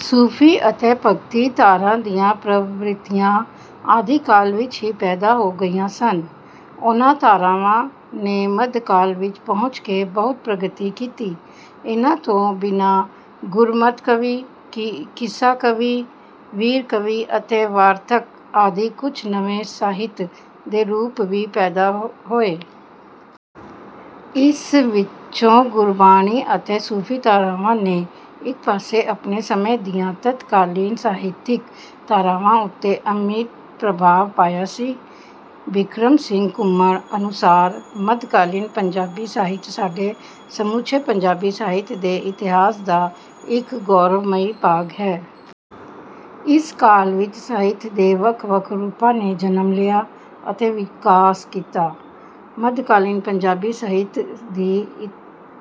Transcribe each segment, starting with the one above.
ਸੂਫੀ ਅਤੇ ਭਗਤੀ ਧਾਰਾ ਦੀਆਂ ਪ੍ਰਵਿਰਤੀਆਂ ਆਦਿ ਕਾਲ ਵਿੱਚ ਹੀ ਪੈਦਾ ਹੋ ਗਈਆਂ ਸਨ। ਉਹਨਾਂ ਧਾਰਾਵਾਂ ਨੇ ਮੱਧਕਾਲ ਵਿੱਚ ਪਹੁੰਚ ਕੇ ਬਹੁਤ ਪ੍ਰਗਤੀ ਕੀਤੀ। ਇਹਨਾਂ ਤੋਂ ਬਿਨਾਂ ਗੁਰਮਤਿ ਕਵੀ ਕਿੱਸਾ ਕਵੀ ਬੀਰ ਕਵੀ ਅਤੇ ਵਾਰਤਕ ਆਦਿ ਕੁਝ ਨਵੇਂ ਸਾਹਿਤ ਦੇ ਰੂਪ ਵੀ ਪੈਦਾ ਹੋਏ। ਇਸ ਵਿੱਚੋਂ ਗੁਰਬਾਣੀ ਅਤੇ ਸੂਫੀ ਧਾਰਾਵਾਂ ਨੇ ਇੱਕ ਪਾਸੇ ਆਪਣੇ ਸਮੇਂ ਦੀਆਂ ਤਤਕਾਲੀਨ ਸਾਹਿਤਿਕ ਧਾਰਾਵਾਂ ਉੱਤੇ ਅਮਿੱਟ ਪ੍ਰਭਾਵ ਪਾਇਆ ਸੀ। ਬਿਕਰਮ ਸਿੰਘ ਘੁਮਣ ਅਨੁਸਾਰ ਮੱਧਕਾਲੀਨ ਪੰਜਾਬੀ ਸਾਹਿਤ ਸਾਡੇ ਸਮੁੱਚੇ ਪੰਜਾਬੀ ਸਾਹਿਤ ਦੇ ਇਤਿਹਾਸ ਦਾ ਇੱਕ ਗੌਰਵਮਈ ਭਾਗ ਹੈ। ਇਸ ਕਾਲ ਵਿੱਚ ਸਾਹਿਤ ਦੇ ਵੱਖ ਵੱਖ ਰੂਪਾਂ ਨੇ ਜਨਮ ਲਿਆ ਅਤੇ ਵਿਕਾਸ ਕੀਤਾ। ਮੱਧਕਾਲੀਨ ਪੰਜਾਬੀ ਸਾਹਿਤ ਦੀ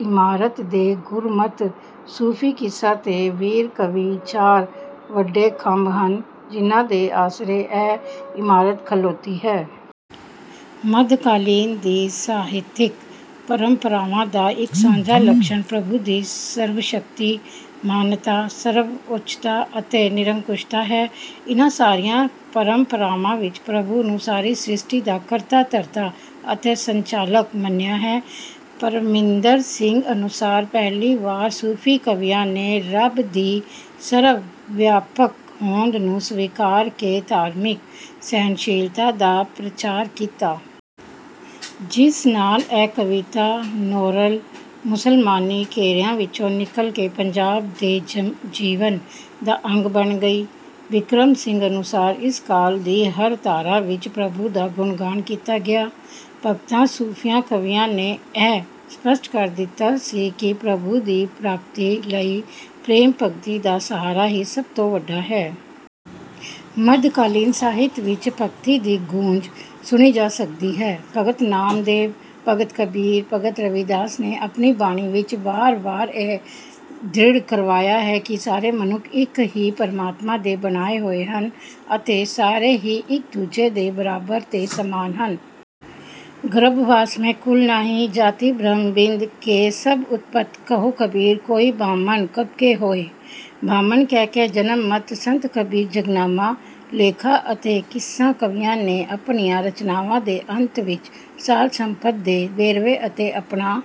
ਇਮਾਰਤ ਦੇ ਗੁਰਮਤਿ ਸੂਫੀ ਕਿੱਸਾ ਤੇ ਵੀਰ ਕਵੀ ਚਾਰ ਵੱਡੇ ਥੰਮ ਹਨ ਜਿਨ੍ਹਾਂ ਦੇ ਆਸਰੇ ਇਹ ਇਮਾਰਤ ਖਲੋਤੀ ਹੈ। ਮੱਧਕਾਲੀਨ ਦੀਆਂ ਸਾਹਿਤਕ ਪਰੰਪਰਾਵਾਂ ਦਾ ਇੱਕ ਸਾਂਝਾ ਲੱਛਣ ਪ੍ਰਭੂ ਦੀ ਸਰਵਸ਼ਕਤੀ ਮਾਨਤਾ ਸਰਵਉੱਚਤਾ ਅਤੇ ਨਿਰੰਕੁਸ਼ਤਾ ਹੈ। ਇਹਨਾਂ ਸਾਰੀਆਂ ਪਰੰਪਰਾਵਾਂ ਵਿੱਚ ਪ੍ਰਭੂ ਨੂੰ ਸਾਰੀ ਸ੍ਰਿਸ਼ਟੀ ਦਾ ਕਰਤਾ ਧਰਤਾ ਅਤੇ ਸੰਚਾਲਕ ਮੰਨਿਆ ਹੈ। ਪਰਮਿੰਦਰ ਸਿੰਘ ਅਨੁਸਾਰ ਪਹਿਲੀ ਵਾਰ ਸੂਫੀ ਕਵੀਆਂ ਨੇ ਰੱਬ ਦੀ ਸਰਵ ਵਿਆਪਕ ਹੋਂਦ ਨੂੰ ਸਵੀਕਾਰ ਕੇ ਧਾਰਮਿਕ ਸਹਿਣਸ਼ੀਲਤਾ ਦਾ ਪ੍ਰਚਾਰ ਕੀਤਾ। ਜਿਸ ਨਾਲ ਇਹ ਕਵਿਤਾ ਨੋਰਲ ਮੁਸਲਮਾਨੀ ਘੇਰਿਆਂ ਵਿੱਚੋਂ ਨਿਕਲ ਕੇ ਪੰਜਾਬ ਦੇ ਜੀਵਨ ਦਾ ਅੰਗ ਬਣ ਗਈ। ਬਿਕਰਮ ਸਿੰਘ ਅਨੁਸਾਰ ਇਸ ਕਾਲ ਦੀ ਹਰ ਧਾਰਾ ਵਿੱਚ ਪ੍ਰਭੂ ਦਾ ਗੁਣਗਾਨ ਕੀਤਾ ਗਿਆ। ਭਗਤਾਂ ਸੂਫੀਆਂ ਕਵੀਆਂ ਨੇ ਇਹ ਸਪੱਸ਼ਟ ਕਰ ਦਿੱਤਾ ਸੀ ਕਿ ਪ੍ਰਭੂ ਦੀ ਪ੍ਰਾਪਤੀ ਲਈ ਪ੍ਰੇਮ ਭਗਤੀ ਦਾ ਸਹਾਰਾ ਹੀ ਸਭ ਤੋਂ ਵੱਡਾ ਹੈ। ਮੱਧਕਾਲੀਨ ਸਾਹਿਤ ਵਿੱਚ ਭਗਤੀ ਦੀ ਗੂੰਜ ਸੁਣੀ ਜਾ ਸਕਦੀ ਹੈ। ਭਗਤ ਨਾਮਦੇਵ ਭਗਤ ਕਬੀਰ ਭਗਤ ਰਵਿਦਾਸ ਨੇ ਆਪਣੀ ਬਾਣੀ ਵਿੱਚ ਵਾਰ ਵਾਰ ਇਹ ਦ੍ਰਿੜ੍ਹ ਕਰਵਾਇਆ ਹੈ ਕਿ ਸਾਰੇ ਮਨੁੱਖ ਇੱਕ ਹੀ ਪ੍ਰਮਾਤਮਾ ਦੇ ਬਣਾਏ ਹੋਏ ਹਨ ਅਤੇ ਸਾਰੇ ਹੀ ਇੱਕ ਦੂਜੇ ਦੇ ਬਰਾਬਰ ਤੇ ਸਮਾਨ ਹਨ। ਗਰਭ ਵਾਸ ਮੈਂ ਕੁਲ ਨਾਹੀਂ ਜਾਤੀ ਬ੍ਰਹਮ ਬਿੰਦ ਕੇ ਸਭ ਉਤਪਤੀ ਕਹੁ ਕਬੀਰ ਕੋਈ ਬਾਹਮਨ ਕਬ ਕੇ ਹੋਏ। ਬਾਮਨ ਕਹਿ ਕਹਿ ਜਨਮ ਮਤ ਸੰਤ ਕਬੀਰ ਜੰਗਨਾਮਾ ਲੇਖਾ ਅਤੇ ਕਿੱਸਾ ਕਵੀਆਂ ਨੇ ਆਪਣੀਆਂ ਰਚਨਾਵਾਂ ਦੇ ਅੰਤ ਵਿੱਚ ਸਾਲ ਸੰਮਤ ਦੇ ਵੇਰਵੇ ਅਤੇ ਆਪਣਾ